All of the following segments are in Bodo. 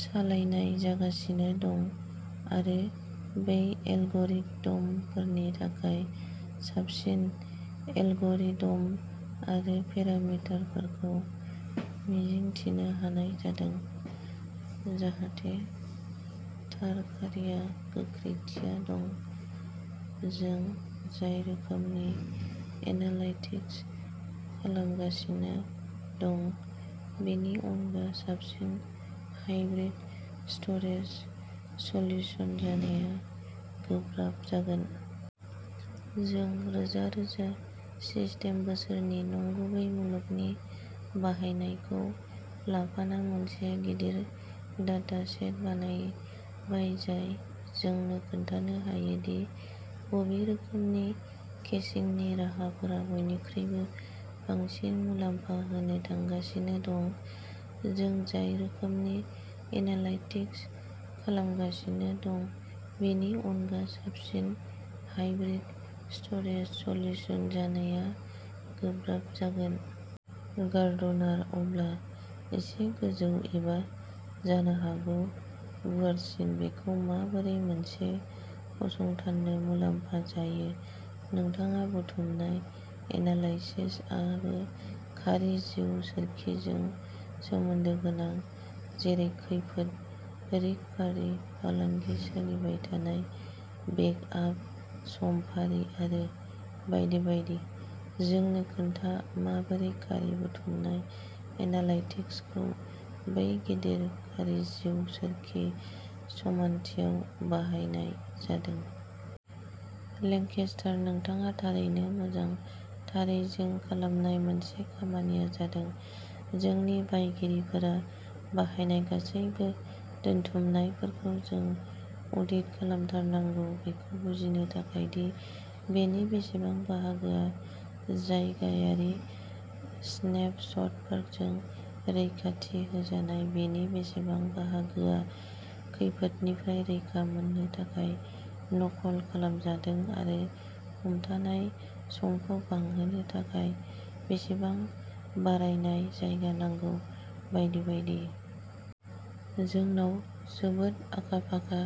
सालायनाय जागासिनो दं आरो बै एलगरिद'मफोरनि थाखाय साबसिन एलगरिद'म आरो पेरामिटारफोरखौ मिजिंथिनो हानाय जादों जाहाथे थार खारिआ गोख्रैथियाव दं जों जाय रोखोमनि एनालाइटिक्स खालामगासिनो दं बेनि अनगा साबसिन हाइब्रिद स्ट'रेज सल्युशन जानाया गोब्राब जागोन। जों रोजा रोजा सिस्टेम बोसोरनि नंगुबै मुलुगनि बाहायनायखौ लाफाना मोनसे गिदिर डाटासेट बानायबाय जाय जोंनो खोन्थानो हायोदि बबे रोखोमनि केशिंनि राहाफोरा बयनिख्रुइबो बांसिन मुलाम्फा होनो थांगासिनो दं। जों जाय रोखोमनि एनालाइटिक्स खालामगासिनो दं बेनि अनगा साबसिन हाइब्रिद स्ट'रेज सल्युशन जानाया गोब्राब जागोन। गार्डनार अब्ला एसे गोजौ एबा जानो हागौ गुवारसिन बेखौ माबोरै मोनसे फसंथाननो मुलाम्फा जायो नोंथाङा बुथुमनाय एनालाइसेसआबो खारि जिउ सोरखिजों सोमोन्दो गोनां जेरै खैफोद रिकभारि फालांगि सोलिबायथानाय बेकआप समफारि आरो बायदि बायदि। जोंनो खोन्था माबोरै खारि बुथुमनाय एनालाइटिक्सखौ बै गिदिर खारि जिउ सोरखि समानथियाव बाहायनाय जादों। लेंकेस्टार नोंथाङा थारैनो मोजां थारै जों खालामनाय मोनसे खामानिया जादों जोंनि बायगिरिफोरा बाहायनाय गासैबो दोनथुमनायफोरखौ जों अडिट खालामथारनांगौ बेखौ बुजिनो थाखाय दि बेनि बेसेबां बाहागोआ जायगायारि स्नेपशटफोरजों रैखाथि होजानाय बेनि बेसेबां बाहागोआ खैफोदनिफ्राय रैखा मोननो थाखाय नखल खालामजादों आरो हमथानाय समखौ बांहोनो थाखाय बेसेबां बारायनाय जायगा नांगौ बायदि बायदि। जोंनाव जोबोद आखा फाखा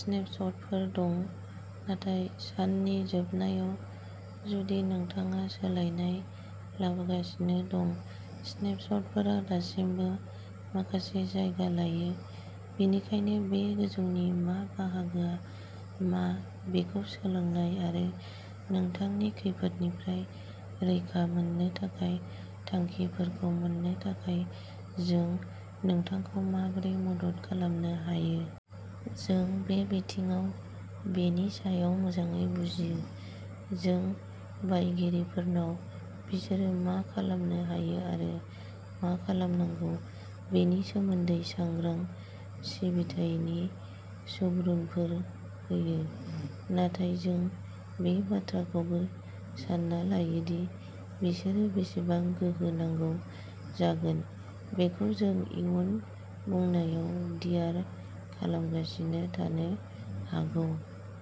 स्नेपशटफोर दं नाथाय साननि जोबनायाव जुदि नोंथाङा सोलायनाय लाबोगासिनो दं स्नेपशटफोरा दासिमबो माखासे जायगा लायो। बेनिखायनो बे गोजौनि मा बाहागोआ मा बेखौ सोलोंनाय आरो नोंथांनि खैफोदनिफ्राय रैखा मोननो थाखाय थांखिफोरखौ मोन्नो थाखाय जों नोंथांखौ माबोरै मदद खालामनो हायो। जों बे बिथिङाव बेनि सायाव मोजाङै बुजियो। जों बायगिरिफोरनाव बिसोर मा खालामनो हायो आरो मा खालामनांगौ बेनि सोमोन्दै सांग्रां सिबिथायनि सुबुरुनफोर होयो। नाथाय जों बे बाथ्राखौबो सान्ना लायो दि बिसोरो बेसेबां गोहो नांगौ जागोन बेखौ जों इयुन बुंनायाव डिआर खालामगासिनो थानो हागौ।